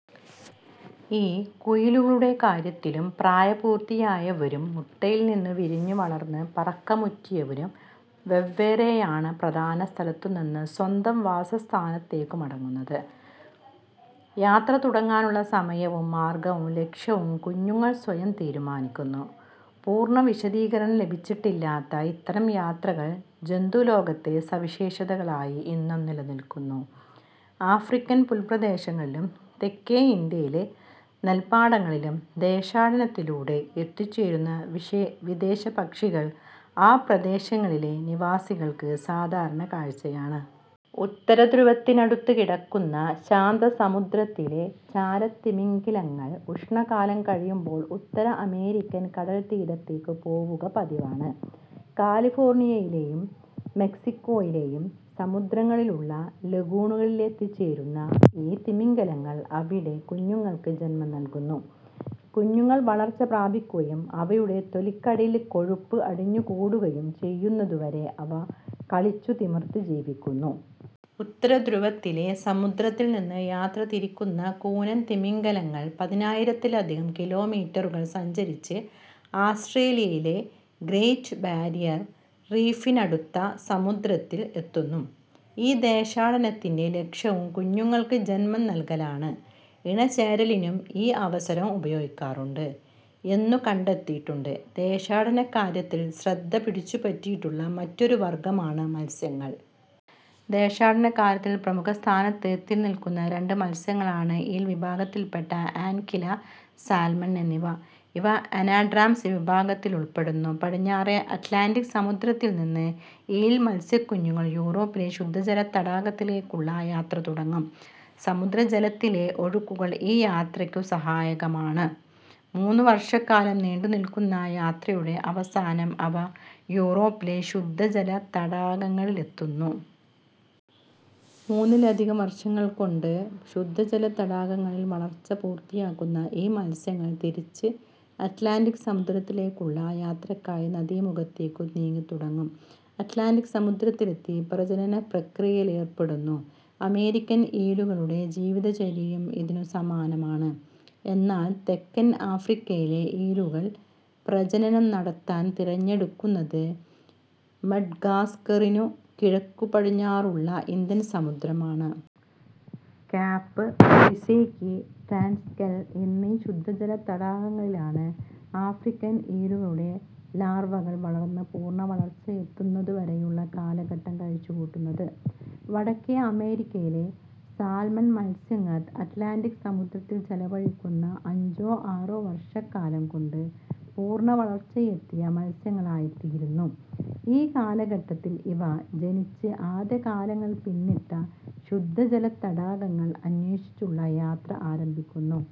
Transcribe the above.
ഈ കുയിലുകളുടെ കാര്യത്തിലും പ്രായപൂർത്തിയായവരും മുട്ടയിൽനിന്നു വിരിഞ്ഞ് വളർന്ന് പറക്കമുറ്റിയവരും വെവ്വേറെയാണ് പ്രധാന സ്ഥലത്തുനിന്ന് സ്വന്തം വാസസ്ഥാനത്തേക്കു മടങ്ങുന്നത്. യാത്ര തുടങ്ങാനുള്ള സമയവും മാർഗവും ലക്ഷ്യവും കുഞ്ഞുങ്ങൾ സ്വയം തീരുമാനിക്കുന്നു. പൂർണ വിശദീകരണം ലഭിച്ചിട്ടില്ലാത്ത ഇത്തരം യാത്രകൾ ജന്തുലോകത്തെ സവിശേഷതകളായി ഇന്നും നിലനില്ക്കുന്നു. ആഫ്രിക്കൻ പുൽപ്രദേശങ്ങളിലും തെക്കേ ഇന്ത്യയിലെ നെൽപ്പാടങ്ങളിലും ദേശാടനത്തിലൂടെ എത്തിച്ചേരുന്ന വിദേശപ്പക്ഷികൾ ആ പ്രദേശങ്ങളിലെ നിവാസികൾക്ക് സാധാരണ കാഴ്ചയാണ്. ഉത്തരധ്രുവത്തിനടുത്തു കിടക്കുന്ന ശാന്തസമുദ്രത്തിലെ ചാരത്തിമിംഗിലങ്ങൾ ഉഷ്ണകാലം കഴിയുമ്പോൾ ഉത്തര അമേരിക്കൻ കടൽത്തീരത്തേക്കു പോവുക പതിവാണ്. കാലിഫോർണിയയിലെയും മെക്സിക്കോയിലെയും സമുദ്രങ്ങളിലുള്ള ലഗൂണുകളിലെത്തിച്ചേരുന്ന ഈ തിമിംഗിലങ്ങൾ അവിടെ കുഞ്ഞുങ്ങൾക്ക് ജന്മം നല്കുന്നു. കുഞ്ഞുങ്ങൾ വളർച്ച പ്രാപിക്കുകയും അവയുടെ തൊലിക്കടിയിൽ കൊഴുപ്പ് അടിഞ്ഞുകൂടുകയും ചെയ്യുന്നതുവരെ അവ കളിച്ചു തിമിർത്ത് ജീവിക്കുന്നു. ഉത്തരധ്രുവത്തിലെ സമുദ്രത്തിൽനിന്നു യാത്ര തിരിക്കുന്ന കൂനൻ തിമിംഗിലങ്ങൾ പതിനായിരത്തിലധികം കിലോമീറ്ററുകൾ സഞ്ചരിച്ച് ആസ്റ്റ്രേലിയയിലെ ഗ്രേറ്റ് ബാരിയർ റീഫിനടുത്ത സമുദ്രത്തിൽ എത്തുന്നു. ഈ ദേശാടനത്തിന്റെ ലക്ഷ്യവും കുഞ്ഞുങ്ങൾക്ക് ജന്മം നല്കലാണ്. ഇണചേരലിനും ഈ അവസരം ഉപയോഗിക്കാറുണ്ട് എന്നു കണ്ടെത്തിയിട്ടുണ്ട്. ദേശാടനക്കാര്യത്തിൽ ശ്രദ്ധ പിടിച്ചുപറ്റിയിട്ടുള്ള മറ്റൊരു വർഗമാണ് മത്സ്യങ്ങൾ. ദേശാടനക്കാര്യത്തിൽ പ്രമുഖസ്ഥാനത്ത് എത്തിനില്ക്കുന്ന രണ്ട് മത്സ്യങ്ങളാണ് ഈൽ വിഭാഗത്തിൽപ്പെട്ട ആൻക്വില, സാൽമൺ എന്നിവ. ഇവ അനാഡ്രാമസ് വിഭാഗത്തിലുൾ പ്പെടുന്നു. പടിഞ്ഞാറേ അത് ലാന്റിക് സമുദ്രത്തിൽനിന്ന് ഈൽ മത്സ്യക്കുഞ്ഞുങ്ങൾ യൂറോപ്പിലെ ശുദ്ധജല തടാകത്തിലേക്കുള്ള യാത്ര തുടങ്ങും. സമുദ്രജലത്തിലെ ഒഴുക്കുകൾ ഈ യാത്രയ്ക്കു സഹായകമാണ്. മൂന്നുവർഷക്കാലം നീണ്ടുനില്ക്കുന്ന യാത്രയുടെ അവസാനം അവ യൂറോപ്പിലെ ശുദ്ധജല തടാകങ്ങളിലെത്തുന്നു. മൂന്നിലധികം വർഷങ്ങൾകൊണ്ട് ശുദ്ധജല തടാകങ്ങളിൽ വളർച്ച പൂർത്തിയാക്കുന്ന ഈ മത്സ്യങ്ങൾ തിരിച്ച് അത് ലാന്റിക് സമുദ്രത്തിലേക്കുള്ള യാത്രയ്ക്കായി നദീമുഖത്തേക്കു നീങ്ങിത്തുടങ്ങും. അത് ലാന്റിക് സമുദ്രത്തിലെത്തി പ്രജനന പ്രക്രിയയിലേർ പ്പെടുന്നു. അമേരിക്കൻ ഈലുകളുടെ ജീവിതചര്യയും ഇതിനു സമാനമാണ്. എന്നാൽ തെക്കൻ ആഫ്രിക്കയിലെ ഈലുകൾ പ്രജനനം നടത്താൻ തിരഞ്ഞെടുക്കുന്നത് മഡഗാസ്ക്കറിനു കിഴക്കുപടിഞ്ഞാറുള്ള ഇന്ത്യൻ സമുദ്രമാണ്. കേപ്, സിസേക്കി, ട്രാൻസ്കെൽ എന്നീ ശുദ്ധജല തടാകങ്ങളിലാണ് ആഫ്രിക്കൻ ഈലുകളുടെ ലാർവകൾ വളർന്ന് പൂർണവളർച്ച എത്തുന്നതുവരെയുള്ള കാലഘട്ടം കഴിച്ചുകൂട്ടുന്നത്. വടക്കേ അമേരിക്കയിലെ സാൽമൺ മത്സ്യങ്ങൾ അത് ലാന്റിക് സമുദ്രത്തിൽ ചെലവഴിക്കുന്ന അഞ്ചോ ആറോ വർഷക്കാലം കൊണ്ട് പൂർണവളർച്ചയെത്തിയ മത്സ്യങ്ങളായിത്തീരുന്നു. ഈ കാലഘട്ടത്തിൽ ഇവ, ജനിച്ച് ആദ്യകാലങ്ങൾ പിന്നിട്ട ശുദ്ധജല തടാകങ്ങൾ അന്വേഷിച്ചുള്ള യാത്ര ആരംഭിക്കുന്നു.